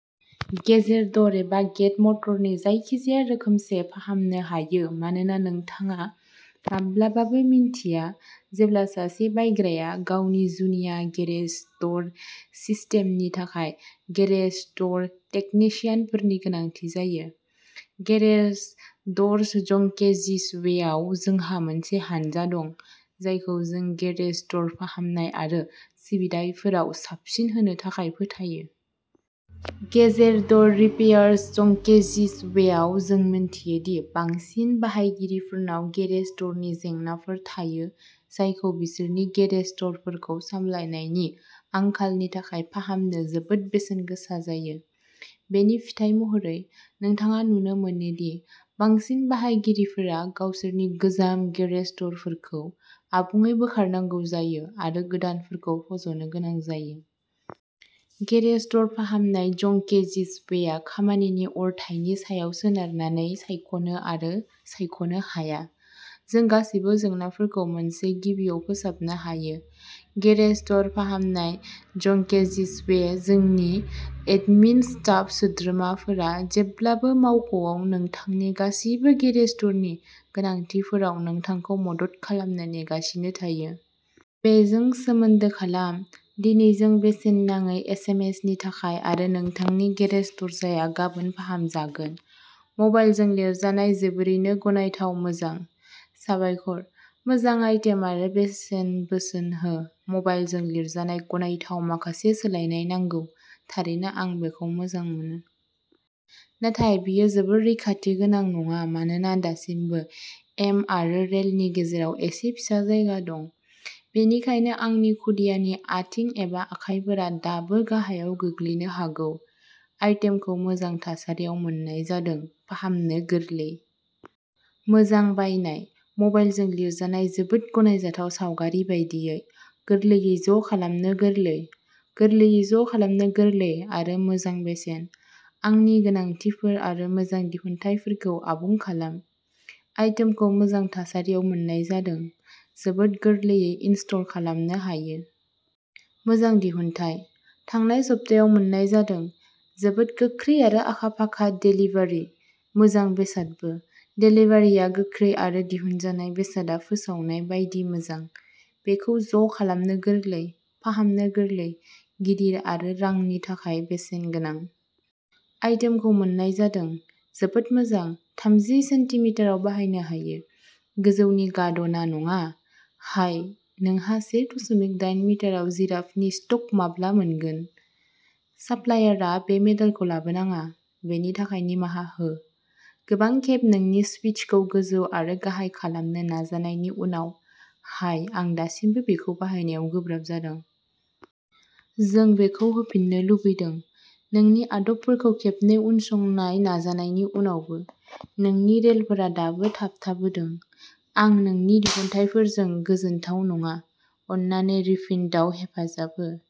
गेजेर दर एबा गेट मटरनि जायखिजाया रोखोमसे फाहामनो हायो मानोना नोंथाङा माब्लाबाबो मिन्थिया जेब्ला सासे बायग्राया गावनि जुनिया गेरेज दर सिस्टेमनि थाखाय गेरेज दर टेकनिशियानफोरनि गोनांथि जायो। गेरेज दर्स जंकेजिजवेआव जोंहा मोनसे हानजा दं जायखौ जों गेरेज दर फाहामनाय आरो सिबिथाइफोराव साबसिन होनो थाखाय फोथायो। गेजेर दर रिपेयार्स जंकेजिजवेआव जों मिथियो दि बांसिन बायगिरिफोरनाव गेरेज द'रनि जेंनाफोर थायो जायखौ बिसोरनि गेरेज द'रफोरखौ सामलायनायनि आंखालनि थाखाय फाहामनो जोबोद बेसेन गोसा जायो। बेनि फिथाय महरै, नोंथाङा नुनो मोनो दि बांसिन बायगिरिफोरा गावसोरनि गोजाम गेरेज दरफोरखौ आबुङै बोखारनांगौ जायो आरो गोदानफोरखौ फज'नो गोनां जायो। गेरेज दर फाहामनाय जंकेजिजवेआ खामानिनि अरथाइनि सायाव सोनारनानै सायख'नो आरो सायख'नो हाया, जों गासिबो जेंनाफोरखौ मोनसे गिबिआव फोसाबनो हायो! गेरेज दर फाहामनाय जंकेजिजवे जोंनि एडमिन स्टाफ सोद्रोमाफोरा जेब्लाबो मावख'आव नोंथांनि गासिबो गेरेज दरनि गोनांथिफोराव नोंथांखौ मदद खालामनो नेगासिनो थायो। बेजों सोमोन्दो खालाम। दिनै जों बेसेन नाङै एसेमेसनि थाखाय आरो नोंथांनि गेरेज दरजाया गाबोन फाहामजागोन! मबाइलजों लिरजानाय जोबोरैनो गनायथाव मोजां। साबायखर! मोजां आइटेम आरो बेसेन बोसोन हो। मबाइलजों लिरजानाय गनायथाव माखासे सोलायनाय नांगौ! थारैनो आं बेखौ मोजां मोनो। नाथाय बेयो जोबोद रैखाथि गोनां नङा मानोना दासिमबो एम आरो रेलनि गेजेराव एसे फिसा जायगा दं। बेनिखायनो आंनि खुदियानि आथिं एबा आखाइफोरा दाबो गाहायाव गोग्लैनो हागौ। आइटेमखौ मोजां थासारियाव मोन्नाय जादों। फाहामनो गोरलै। मोजां बायनाय! मबाइलजों लिरजानाय जोबोद गनायजाथाव सावगारि बायदियै। गोरलैयै ज' खालामनो गोरलै। गोरलैयै ज' खालामनो गोरलै आरो मोजां बेसेन। आंनि गोनांथिफोर आरो मोजां दिहुनथायफोरखौ आबुं खालाम। आइटेमखौ मोजां थासारियाव मोन्नाय जादों। जोबोद गोरलैयै इनस्टल खालामनो हायो। मोजां दिहुनथाय। थांनाय सप्तायाव मोन्नाय जादों। जोबोद गोख्रै आरो आखा फाखा देलिभारि! मोजां बेसादबो! देलिभारिआ गोख्रै आरो दिहुनजानाय बेसादआ फोसावनाय बायदि मोजां। बेखौ ज' खालामनो गोरलै। फाहामनो गोरलै, गिदिर आरो रांनि थाखाय बेसेन गोनां। आइटेमखौ मोन्नाय जादों। जोबोद मोजां। थामजि सेन्टिमिटाराव बाहायनो हायो। गोजौनि गाद'ना नङा? हाइ, नोंहा से दसमिक दाइन मिटाराव जिराफनि स्टक माब्ला मोनगोन? साप्लायारआ बे मडेलखौ लाबोनाङा, बेनि थाखाय निमाहा हो। गोबां खेब नोंनि स्विचखौ गोजौ आरो गाहाय खालामनो नाजानायनि उनाव हाय आं दासिमबो बेखौ बाहायनायाव गोब्राब जादों। जों बेखौ होफिननो लुबैदों। नोंनि आदबफोरखौ खेबनै उनसंनाय नाजानायनि उनावबो, नोंनि रेलफोरा दाबो थाबथाबोदों। आं नोंनि दिहुनथायफोरजों गोजोनथाव नङा, अन्नानै रिफिन्डआव हेफाजाब हो।